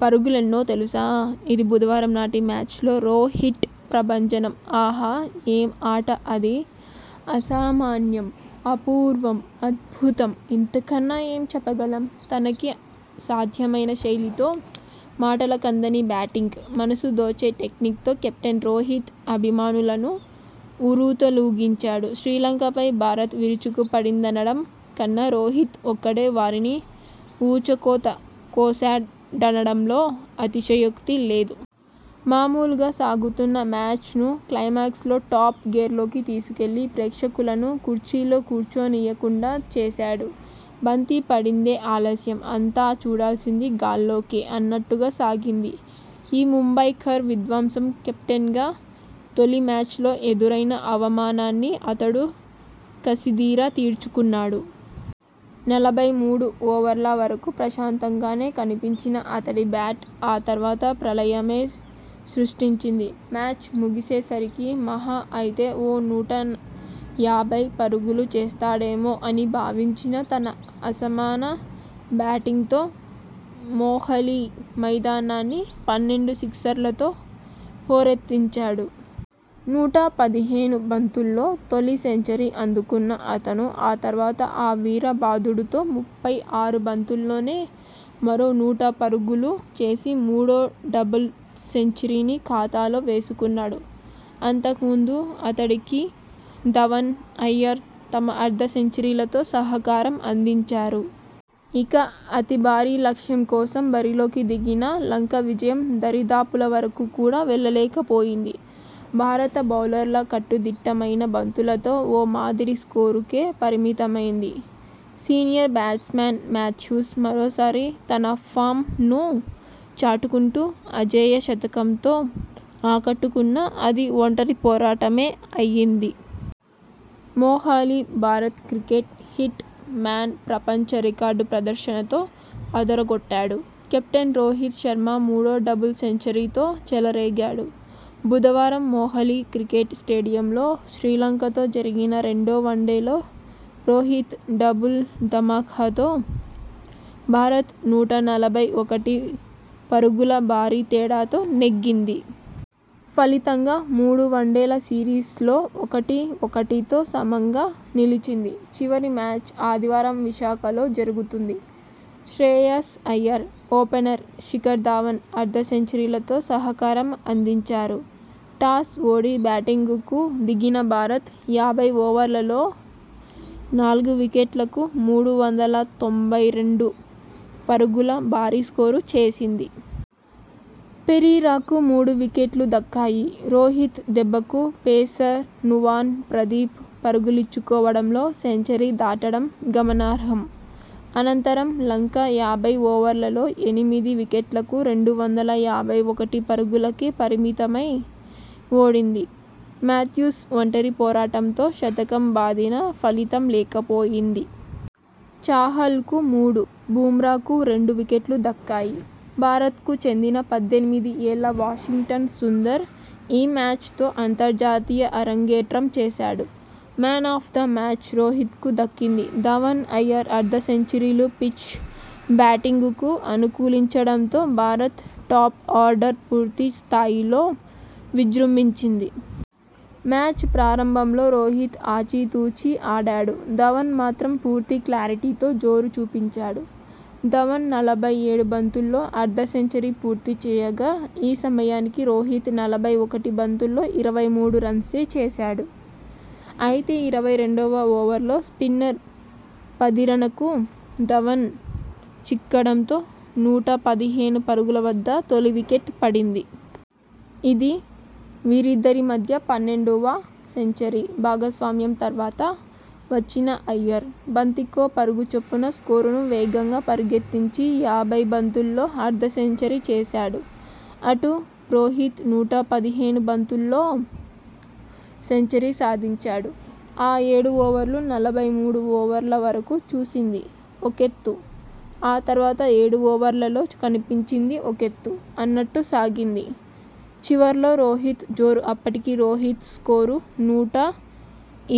పరుగులెన్నో తెలుసా.. ఇదీ బుధవారం నాటి మ్యాచ్లో రో'హిట్' ప్రభంజనం. ఆహా.. ఏం ఆట అది.. అసామాన్యం.. అపూర్వం.. అద్భుతం. ఇంతకన్నా ఏం చెప్పగలం. తనకే సాధ్యమైన శైలితో మాటలకందని బ్యాటింగ్.. మనసు దోచే టెక్నిక్ తో కెప్టెన్ రోహిత్ అభిమానులను ఉర్రూతలూగించాడు. శ్రీలంకపై భారత్ విరుచుకుపడిందనడం కన్నా రోహిత్ ఒక్కడే వారిని ఊచకోత కోశాడనడంలో అతిశయోక్తి లేదు. మామూలుగా సాగుతున్న మ్యాచ్ ను క్లైమాక్స్ లో టాప్ గేర్లోకి తీసుకెళ్లి ప్రేక్షకులను కుర్చీల్లో కూర్చోనీయకుండా చేశాడు. బంతి పడిందే ఆలస్యం.. అంతా చూడాల్సింది గాల్లోకే అన్నట్టుగా సాగింది ఈ ముంబైకర్ విధ్వంసం. కెప్టెన్ గా తొలి మ్యాచ్లో ఎదురైన అవమానాన్ని అతడు కసిదీరా తీర్చుకున్నాడు. నలభై మూడు ఓవర్ల వరకు ప్రశాంతంగానే కనిపించిన అతడి బ్యాట్ ఆ తర్వాత ప్రళయమే సృష్టించింది మ్యాచ్ ముగిసే సరికి మహా అయితే ఓ నూట యాభై పరుగులు చేస్తాడేమో అని భావించినా తన అసమాన బ్యాటింగ్ తో మొహాలీ మైదానాన్ని పన్నెండు సిక్సర్లతో హోరెత్తించాడు. నూట పదిహేను బంతుల్లో తొలి సెంచరీ అందుకున్న అతను ఆ తర్వాత ఈ వీర బాదుడుతో ముప్పై ఆరు బంతుల్లోనే మరో నూట పరుగులు చేసి మూడో డబుల్ సెంచరీని ఖాతాలో వేసుకున్నాడు. అంతకుముందు అతడికి ధవన్, అయ్యర్ తమ అర్ధ సెంచరీలతో సహకారం అందించారు. ఇక అతి భారీ లక్ష్యం కోసం బరిలోకి దిగిన లంక విజయం దరిదాపుల వరకు కూడా వెళ్లలేకపోయింది. భారత బౌలర్ల కట్టుదిట్టమైన బంతులతో ఓ మాదిరి స్కోరుకే పరిమితమైంది. సీనియర్ బ్యాట్స్ మాన్ మాథ్యూస్ మరోసారి తన ఫామ్ ను చాటుకుంటూ అజేయ శతకంతో ఆకట్టుకున్నా అది ఒంటరి పోరాటమే అయ్యింది. మొహాలీ భారత క్రికెట్ 'హిట్'మ్యాన్ ప్రపంచ రికార్డు ప్రదర్శనతో అదరగొట్టాడు. కెప్టెన్ రోహిత్ శర్మ మూడో డబుల్ సెంచరీతో చెలరేగాడు. బుధవారం మొహాలీ క్రికెట్ స్టేడియంలో శ్రీలంకతో జరిగిన రెండో వన్డేలో రోహిత్ 'డబుల్' ధమాకాతో భారత్ నూట నలభై ఒకటి పరు గుల భారీ తేడాతో నెగ్గింది. ఫలితంగా మూడు వన్డేల సిరీస్ లో ఒకటి ఒకటితో సమంగా నిలిచింది. చివరి మ్యాచ్ ఆదివారం విశాఖలో జరుగుతుంది. శ్రేయాస్ అయ్యర్, ఓపెనర్ శిఖర్ ధవన్ అర్ధ సెంచరీలతో సహకారం అందించారు. టాస్ఓడి బ్యాటింగ్ కు దిగిన భారత్ యాభై ఓవర్లలో నాలుగు వికెట్లకు మూడు వందల తొంభై రెండు పరుగుల భారీస్కోరు చేసింది. పెరీరాకు మూడు వికెట్లు దక్కాయి. రోహిత్ దెబ్బకు పేసర్ నువాన్ ప్రదీప్ పరుగులిచ్చుకోవడంలో సెంచరీ దాటడం గమనార్హం. అనంతరం లంక యాభై ఓవర్లలో ఎనిమిది వికెట్లకు రెండు వందల యాభై ఒకటి పరుగులకే పరిమితమై ఓడింది. మాథ్యూస్ ఒంటరి పోరాటంతో శతకం బాదినా ఫలితం లేకపోయింది. చాహల్ కు మూడు, బుమ్రాకు రెండు వికెట్లు దక్కాయి. భారత్ కు చెందిన పద్దెనిమిది ఏళ్ల వాషింగ్టన్ సుందర్ ఈ మ్యాచ్ తో అంతర్జాతీయ అరంగేట్రం చేశాడు. Man of the match Rohit కు దక్కింది. ధవన్, అయ్యర్ అర్ధ సెంచరీలుపిచ్ బ్యాటింగ్ కు అనుకూలించడంతో భారత్ టాప్ ఆర్డర్ పూర్తి స్థాయిలో విజృంభించింది. మ్యాచ్ ప్రారంభంలో రోహిత్ ఆచితూచి ఆడాడు. ధవన్ మాత్రం పూర్తి క్లారిటీతో జోరు చూపించాడు. ధవన్ నలభై ఏడు బంతుల్లో అర్ధసెంచరీ పూర్తి చేయగా, ఈ సమయానికి రోహిత్ నలభై ఒకటి బంతుల్లో ఇరవై మూడు రన్సే చేశాడు. అయితే ఇరవై రెండువ ఓవర్లో స్పిన్నర్ పథిరనకు ధవన్ చిక్కడం తో నూట పదిహేను పరుగుల వద్ద తొలివికెట్ పడింది. ఇది వీరిద్దరి మధ్య పన్నెండువ సెంచరీ భాగస్వామ్యం తర్వాత వచ్చిన అయ్యర్.. బంతికో పరుగు చొప్పున స్కోరును వేగంగా పరిగెత్తించి యాభై బంతుల్లో అర్ధసెంచరీ చేశాడు అటు రోహిత్ నూట పదిహేను బంతుల్లో సెంచరీ సాధించాడు ఆ ఏడు ఓవర్లు నలభై మూడు ఓవర్ల వరకు చూసింది ఒకెత్తు ఆ తర్వాత ఏడు ఓవర్లలో కనిపించింది ఒకెత్తు అన్నట్టు సాగింది చివర్లో రోహిత్ జోరు అప్పటికి రోహిత్ స్కోరు నూట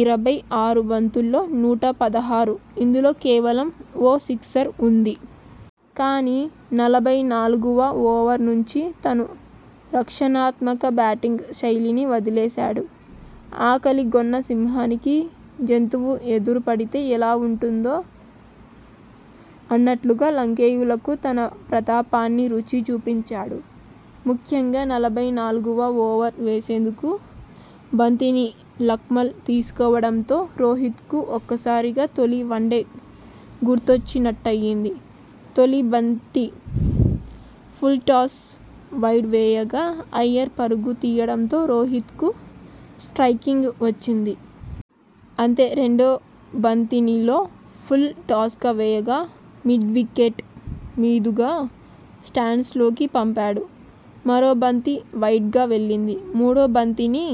ఇరవై ఆరు బంతుల్లో నూట పదహారు ఇందులో కేవలం ఓ సిక్సర్ ఉంది. కానీ నలభై నాలుగువ ఓవర్ నుంచి తను రక్షణాత్మక బ్యాటింగ్ శైలిని వదిలేశాడు ఆకలిగొన్న సింహానికి జంతువు ఎదురు పడితే ఎలా ఉంటుందో అన్నట్లుగా లంకేయులకు తన ప్రతాపాన్ని రుచి చూపించాడు. ముఖ్యంగా నలభై నాలుగువ ఓవర్ వేసేందుకు బంతిని లక్మల్ తీసుకోవడంతో రోహిత్ కు ఒక్కసారిగా తొలి వన్డే గుర్తొచ్చినట్టయ్యింది తొలి బంతి ఫుల్ టాస్ వైడ్ వేయగా అయ్యర్ పరుగు తీయడంతో రోహిత్ కు స్ట్రయికింగ్ వచ్చింది. అంతేరెండో బంతిని లో ఫుల్ టాస్ గా వేయగా మిడ్వికెట్ మీదుగా స్టాండ్స్ లోకి పంపాడు. మరో బంతి వైడ్ గా వెళ్లింది. మూడో బంతిని